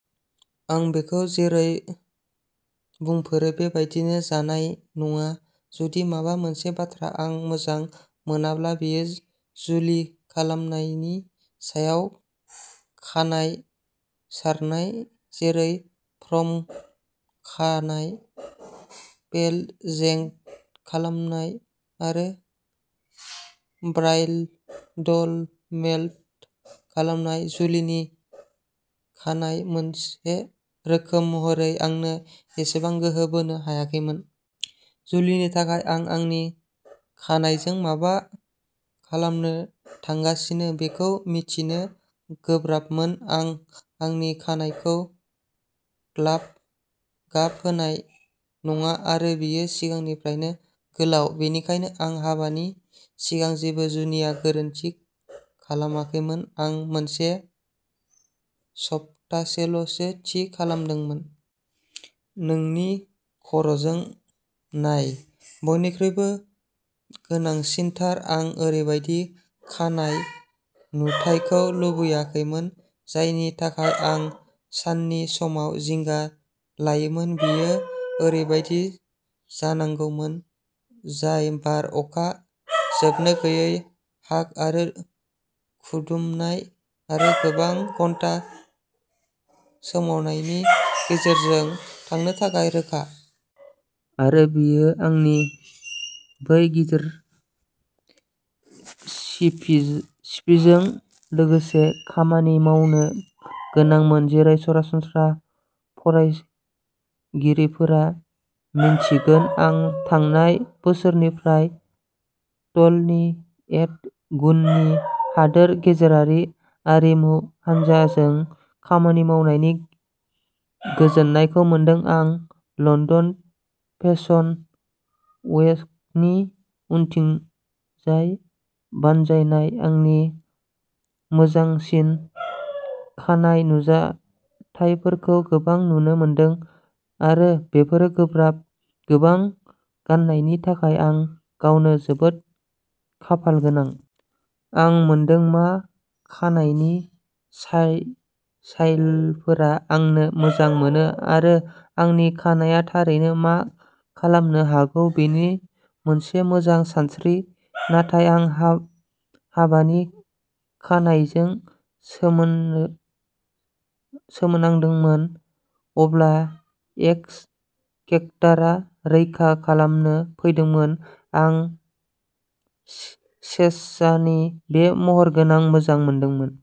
आं बेखौ जेरै बुंफोरो बे बायदिनो जानाय नङा। जुदि माबा मोनसे बाथ्रा आं मोजां मोनाब्ला बेयो जुलि खानायनि सायाव खानाय सारनाय। जेरै प्रम खानाय पेलजेंट खालानाय आरो ब्राइदमेइद खालानाय जुलिनि खानाय मोनसे रोखोम महरै आंनो एसेबां गोसो बोनो हायाखैमोन। जुलिनि थाखाय आं आंनि खानायजों माबा खालामनो थांगासिनो बेखौ मिन्थिनो गोब्राबमोन। आं आंनि खानाइखौ ग्लाब गाब होनाय नङा आरो बेयो सिगांनिफ्रायनो गोलाव। बेनिखायनो आं हाबानि सिगां जेबो जुनिया गोरोन्थि खालामाखैमोन। आं मोनसे सबथासेलसो थि खालामदोंमोन। नोंनि खर'जों। नाथाय बयनिख्रुइबो गोनांसिनथाराव आं ओरैबायदि खानाय नुथायखौ लुबैयाखैमोन जायनि थाखाय आं साननि समाव जिंगा लायोमोन। बेयो ओरैबायदि जानांगौमोन जाय बार, अखा, जोबनो गैयै हाग आरो खुदुमनाय आरो गोबां घन्टा सोमावनायनि गेजेरजों थांनो थाखाय रोखा। आरो बेयो आंनि बै गिदिर सिफि सिफिजों लोगोसे खामानि मावनो गोनांमोन। जेरै सरासनस्रा फरायगिरिफोरा मिन्थिगोन। आं थांनाय बोसोरनिफ्राय ट'नि एड गुनि हादोर गेजेरारि आरिमु हानजाजों खामानि मावनायनि गोजोननायखौ मोनदों। आं लन्दन फेसन वीकनि उनथिंजाय बानायजानाय आंनि मोजांसिन खानाय नुजाथाइफोरखौ गोबां नुनो मोनदों आरो बेफोर गोब्राब गोबां गान्नायनि थाखाय आं गावनो जोबोद खाफालगोनां। आं मोनदों। मा खानाइनि साइ साइलफोरा आंनो मोजां मोनो आरो आंनि खानाया थारैनो मा खालामनो हागौ। बेनि मोनसे मोजां सानस्रि। नाथाय आं हाब हाबानि खानाइजों सोमो सोमोनांदोंमोन। अब्ला एक्स फेक्टरा रैखा खालामनो फैदोंमोन। आं चेजजानि बे महरगोनां मोजां मोनदोंमोन।